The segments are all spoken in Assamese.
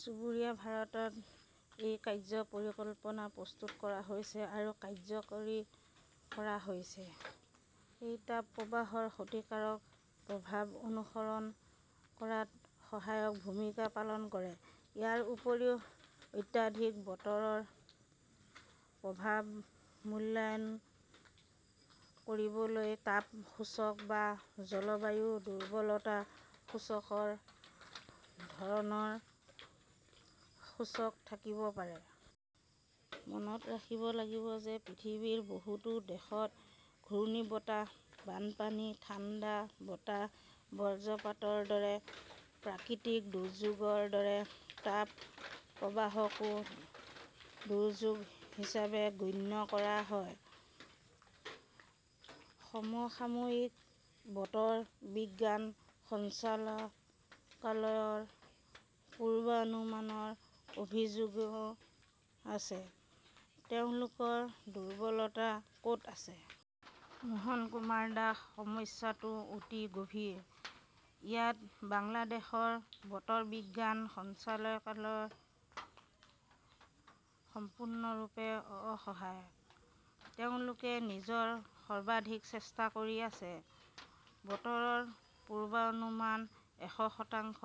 চুবুৰীয়া ভাৰতত এই কাৰ্য্য পৰিকল্পনা প্ৰস্তুত কৰা হৈছে আৰু কাৰ্যকৰী কৰা হৈছে। ই তাপ প্ৰবাহৰ ক্ষতিকাৰক প্ৰভাৱ অনুসৰণ কৰাত সহায়ক ভূমিকা পালন কৰে। ইয়াৰ উপৰিও, অত্যাধিক বতৰৰ প্ৰভাৱ মূল্যায়ন কৰিবলৈ তাপ সূচক বা জলবায়ু দুৰ্বলতা সূচকৰ ধৰণৰ সূচক থাকিব পাৰে। মনত ৰাখিব লাগিব যে পৃথিৱীৰ বহুতো দেশত ঘূৰ্ণীবতাহ, বানপানী, ঠাণ্ডা বতাহ, বজ্ৰপাতৰ দৰে প্ৰাকৃতিক দুৰ্যোগৰ দৰে তাপ প্ৰবাহকো দুৰ্যোগ হিচাপে গণ্য কৰা হয়। সমসাময়িকঃ বতৰ বিজ্ঞান সঞ্চালকালয়ৰ পূৰ্বানুমানৰ অভিযোগও আছে। তেওঁলোকৰ দুৰ্বলতা ক "ত আছে? মোহন কুমাৰ দাসঃ সমস্যাটো অতি গভীৰ, ইয়াত বাংলাদেশৰ বতৰ বিজ্ঞান সঞ্চালকালয় সম্পূৰ্ণৰূপে অসহায়। তেওঁলোকে নিজৰ সৰ্বাধিক চেষ্টা কৰি আছে। বতৰৰ পূৰ্বানুমান এশ শতাংশ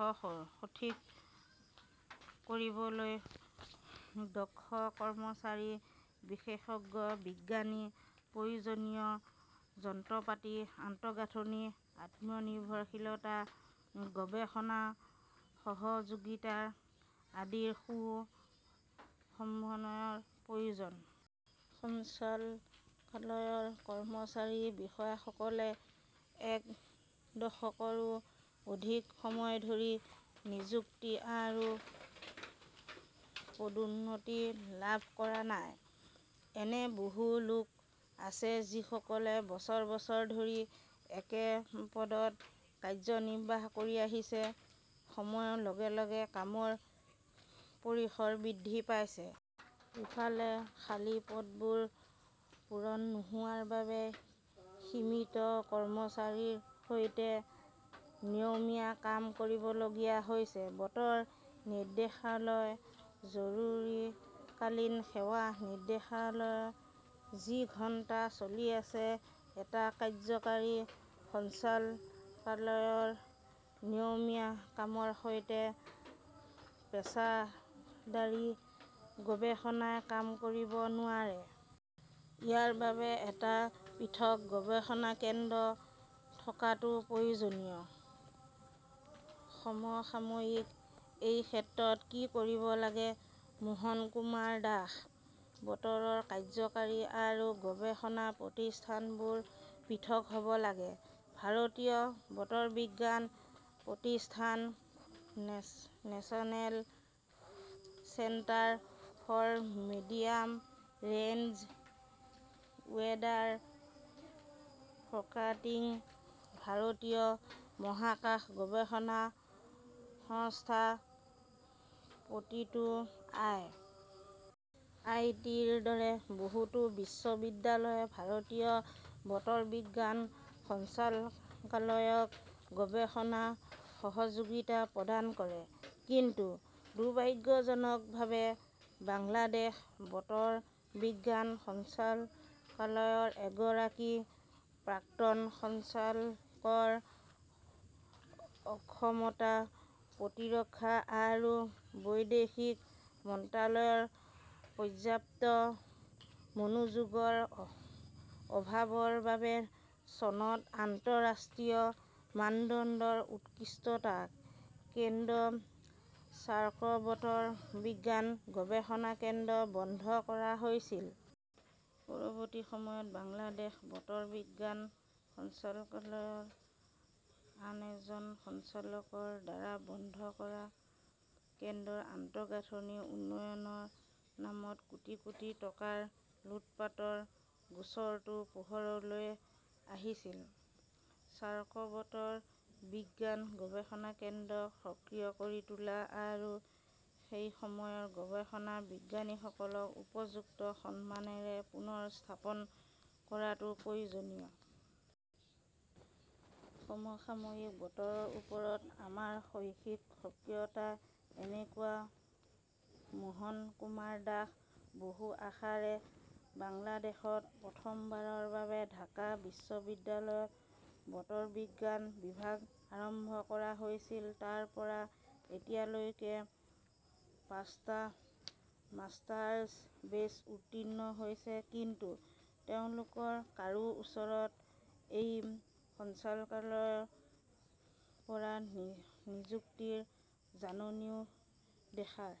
সঠিক কৰিবলৈ দক্ষ কৰ্মচাৰী, বিশেষজ্ঞ বিজ্ঞানী, প্ৰয়োজনীয় যন্ত্ৰপাতি, আন্তঃগাঁথনি, আত্মনিৰ্ভৰশীলতা, গৱেষণা সহযোগিতা আদিৰ সু-সমন্বয়ৰ প্ৰয়োজন। সঞ্চালকালয়ৰ কৰ্মচাৰী-বিষয়াসকলে এক দশকৰো অধিক সময় ধৰি নিযুক্তি আৰু পদোন্নতি লাভ কৰা নাই। এনে বহু লোক আছে যিসকলে বছৰ বছৰ ধৰি একে পদত কাৰ্যনিৰ্বাহ কৰি আহিছে। সময়ৰ লগে লগে কামৰ পৰিসৰ বৃদ্ধি পাইছে! ইফালে, খালী পদবোৰ পূৰণ নোহোৱাৰ বাবে সীমিত কৰ্মচাৰীৰ সৈতে নিয়মীয়া কাম কৰিবলগীয়া হৈছে। বতৰ নিৰ্দেশালয় জৰুৰীকালীন সেৱা নিৰ্দেশালয় যি ঘণ্টা চলি থাকে। এটা কাৰ্য্যকৰী সঞ্চালকালয়ৰ নিয়মীয়া কামৰ সৈতে পেছাদাৰী গৱেষণাই কাম কৰিব নোৱাৰে! ইয়াৰ বাবে এটা পৃথক গৱেষণা কেন্দ্ৰ থকাটো প্ৰয়োজনীয়। সমসাময়িকঃ এই ক্ষেত্ৰত কি কৰিব লাগে? মোহন কুমাৰ দাশঃ বতৰৰ কাৰ্য্যকৰী আৰু গৱেষণা প্ৰতিষ্ঠানবোৰ পৃথক হ 'ব লাগে। ভাৰতীয় বতৰ বিজ্ঞান প্ৰতিষ্ঠান, National Centre for Medium Range Weather Forecasting, ভাৰতীয় মহাকাশ গৱেষণা সংস্থা, প্ৰতিটো আই. আই. টি. -ৰ দৰে বহুতো বিশ্ববিদ্যালয়ে ভাৰতীয় বতৰ বিজ্ঞান সঞ্চালকালয়ক গৱেষণা সহযোগিতা প্ৰদান কৰে। কিন্তু দুৰ্ভাগ্যজনকভাৱে, বাংলাদেশ বতৰ বিজ্ঞান সঞ্চালকালয়ৰ এগৰাকী প্ৰাক্তন সঞ্চালকৰ অক্ষমতা, প্ৰতিৰক্ষা আৰু বৈদেশিক মন্ত্ৰালয়ৰ পৰ্যাপ্ত মনোযোগৰ অভাৱৰ বাবে চনত আন্তঃৰাষ্ট্ৰীয় মানদণ্ডৰ 'উৎকৃষ্টতা কেন্দ্ৰ' চাৰ্ক বতৰ বিজ্ঞান গৱেষণা কেন্দ্ৰ বন্ধ কৰা হৈছিল। পৰৱৰ্তী সময়ত বাংলাদেশ বতৰ বিজ্ঞান সঞ্চালকালয়ৰ আন এজন সঞ্চালকৰ দ্বাৰা বন্ধ কৰা কেন্দ্ৰৰ আন্তঃগাঁথনি উন্নয়নৰ নামত কোটি কোটি টকাৰ লুটপাটৰ গোচৰটো পোহৰলৈ আহিছিল। চাৰ্ক বতৰ বিজ্ঞান গৱেষণা কেন্দ্ৰক সক্ৰিয় কৰি তোলা আৰু সেই সময়ৰ গৱেষণা বিজ্ঞানীসকলক উপযুক্ত সন্মানৰে পুনৰ স্থাপন কৰাটো প্ৰয়োজনীয়। সমসাময়িকঃ বতৰৰ ওপৰত আমাৰ শৈক্ষিক সক্ৰিয়তা কেনেকুৱা? মোহন কুমাৰ দাশঃ বহু আশাৰে বাংলাদেশত প্ৰথমবাৰৰ বাবে ঢাকা বিশ্ববিদ্যালয়ত 'বতৰ বিজ্ঞান "বিভাগ আৰম্ভ কৰা হৈছিল। তাৰ পৰা এতিয়ালৈকে পাঁচটা মাষ্টাৰ্ছ বেচ উত্তীৰ্ণ হৈছে। কিন্তু তেওঁলোকৰ কাৰো ওচৰত এই সঞ্চালকালয়ৰ পৰা নিযুক্তিৰ জাননীও দেখাৰ